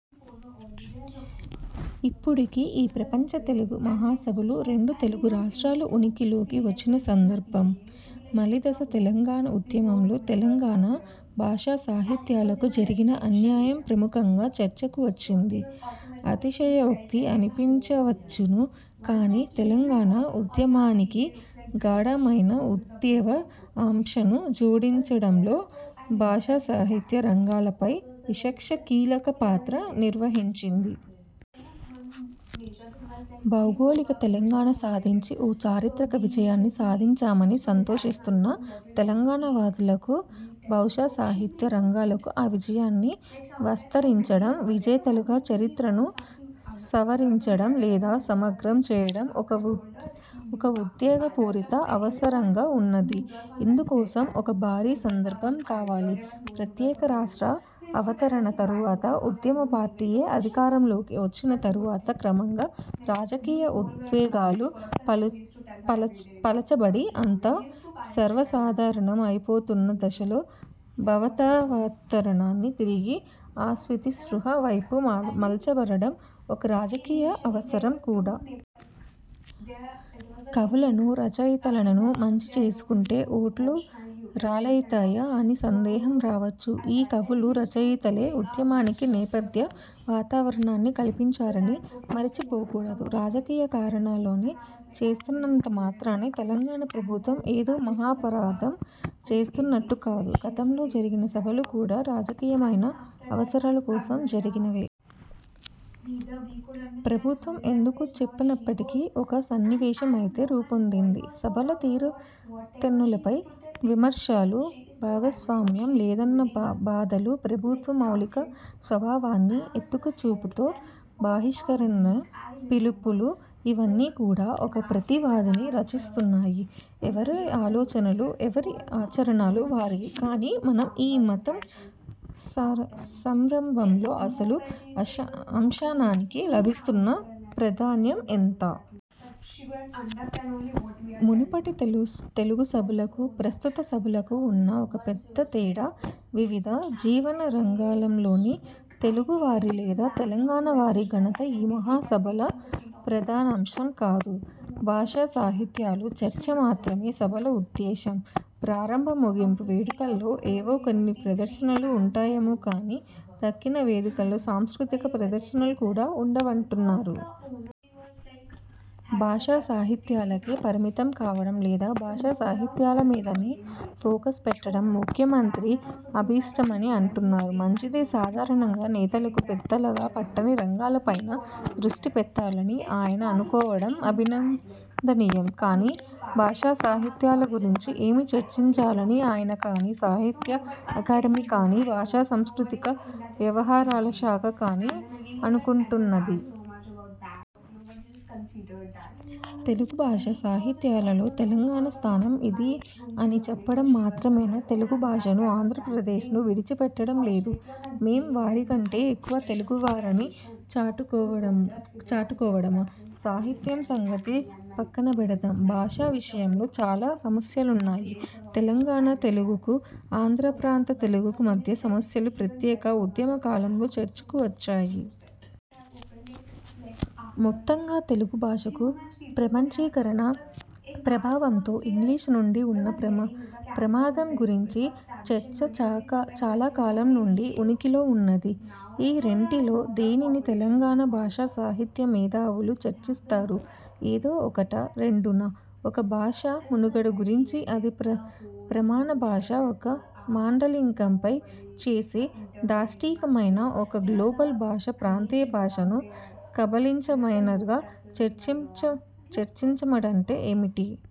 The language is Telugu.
ఇప్పుడిక ఈ ప్రపంచ తెలుగు మహాసభలు, రెండు తెలుగు రాష్ట్రాలు ఉనికిలోకి వచ్చిన సందర్భం. మలిదశ తెలంగాణ ఉద్యమంలో, తెలంగాణ భాషాసాహిత్యాలకు జరిగిన అన్యాయం ప్రముఖంగా చర్చకు వచ్చింది. అతిశయోక్తి అనిపించవచ్చును కానీ, తెలంగాణ ఉద్యమానికి గాఢమైన ఉద్వేగ అంశను జోడించడంలో భాషాసాహిత్య రంగాలపై వివక్ష కీలకపాత్ర నిర్వహించింది. భౌగోళిక తెలంగాణ సాధించి, ఒక చారిత్రక విజయాన్ని సాధించామని సంతోషిస్తున్న తెలంగాణవాదులకు, భాషాసాహిత్య రంగాలకు ఆ విజయాన్ని విస్తరించడం, విజేతలుగా చరిత్రను సవరించడం లేదా సమగ్రం చేయడం ఒక ఉద్వేగపూరిత అవసరంగా ఉన్నది. ఇందుకోసం ఒక భారీ సందర్భం కావాలి. ప్రత్యేకరాష్ట్ర అవతరణ తరువాత, ఉద్యమ పార్టీయే అధికారంలోకి వచ్చిన తరువాత క్రమంగా, రాజకీయ ఉద్వేగాలు పలచబడి, అంతా సర్వసాధారణం అయిపోతున్న దశలో, భావవాతావరణాన్ని తిరిగి అస్తిత్వ స్పృహ వైపు మరల్చడం ఒక రాజకీయ అవసరం కూడా. కవులనూ రచయితలనూ మంచి చేసుకుంటే ఓట్లు రాలతాయా, అని సందేహం రావచ్చు. ఈ కవులూ రచయితలే ఉద్యమానికి నేపథ్య వాతావరణాన్ని కల్పించారని మరచిపోకూడదు. రాజకీయ కారణాలతో చేస్తున్నంతమాత్రాన తెలంగాణ ప్రభుత్వం ఏదో మహాపరాధం చేస్తున్నట్టు కాదు. గతంలో జరిగిన సభలు కూడా రాజకీయమైన అవసరాల కోసం జరిగినవే. ప్రభుత్వం ఎందుకు చేస్తున్నప్పటికీ, ఒక సన్నివేశం అయితే రూపొందింది. సభల తీరుతెన్నులపై విమర్శలు, భాగస్వామ్యం లేదన్న బాధలు, ప్రభుత్వ మౌలిక స్వభావాన్ని ఎత్తిచూపుతూ బహిష్కరణల పిలుపులు– ఇవన్నీ కూడా ఒక ప్రతివాదాన్ని రచిస్తున్నాయి. ఎవరి ఆలోచనలు, ఎవరి ఆచరణలు వారివి. కానీ, ఈ మొత్తం సంరంభంలో అసలు అంశానికి లభిస్తున్న ప్రాధాన్యం ఎంత? మునుపటి తెలుగు సభలకు, ప్రస్తుత సభలకు ఉన్న ఒక పెద్దతేడా, వివిధ జీవనరంగాలలోని తెలుగు వారి లేదా తెలంగాణ వారి ఘనత ఈ మహాసభల ప్రధానాంశం కాదు. భాషాసాహిత్యాల చర్చ మాత్రమే సభల ఉద్దేశ్యం. ప్రారంభ, ముగింపు వేడుకల్లో ఏవో కొన్ని ప్రదర్శనలు ఉంటాయేమో కానీ, తక్కిన వేదికల్లో సాంస్కృతిక ప్రదర్శనలు కూడా ఉండవంటున్నారు. భాషాసాహిత్యాలకే పరిమితం కావడం లేదా భాషాసాహిత్యాల మీదనే ఫోకస్ పెట్టడం– ముఖ్యమంత్రి అభీష్టమని అంటున్నారు. మంచిదే. సాధారణంగా నేతలకు పెద్దగా పట్టని రంగాలపైనే దృష్టిపెట్టాలని ఆయన అనుకోవడం అభినందనీయం. కానీ, భాషాసాహిత్యాల గురించి ఏమి చర్చించాలని ఆయన కానీ, సాహిత్య అకాడమీ కానీ, భాషాసాంస్కృతిక వ్యవహారాల శాఖ కానీ అనుకుంటున్నది? తెలుగుభాషా సాహిత్యాలలో తెలంగాణ స్థానం ఇదీ అని చెప్పడం మాత్రమేనా, తెలుగు భాషను ఆంధ్రప్రదేశ్కు విడిచిపెట్టడం లేదు, మేం వారి కంటె ఎక్కువ తెలుగువారం అని చాటుకోవడమా? సాహిత్యం సంగతి పక్కనబెడదాం. భాష విషయంలో చాలా సమస్యలున్నాయి. తెలంగాణ తెలుగుకు, ఆంధ్రప్రాంత తెలుగుకు మధ్య సమస్యలు ప్రత్యేక ఉద్యమకాలంలో చర్చకు వచ్చాయి. మొత్తంగా తెలుగు భాషకు– ప్రపంచీకరణ ప్రభావంతో ఇంగ్లీషు నుంచి ఉన్న ప్రమాదం గురించిన చర్చ చాలాకాలం నుంచి ఉనికిలో ఉన్నది. ఈ రెంటిలో దేనిని తెలంగాణ భాషాసాహిత్య మేధావులు చర్చిస్తారు? ఏదో ఒకటా, రెండూనా? ఒక భాష మనుగడ గురించి, అది ప్రమాణభాష ఒక మాండలికంపై చేసే దాష్టీకమైనా, ఒక గ్లోబల్ భాష ప్రాంతీయ భాషను కబళించడమైనా, చర్చించడమంటే ఏమిటి?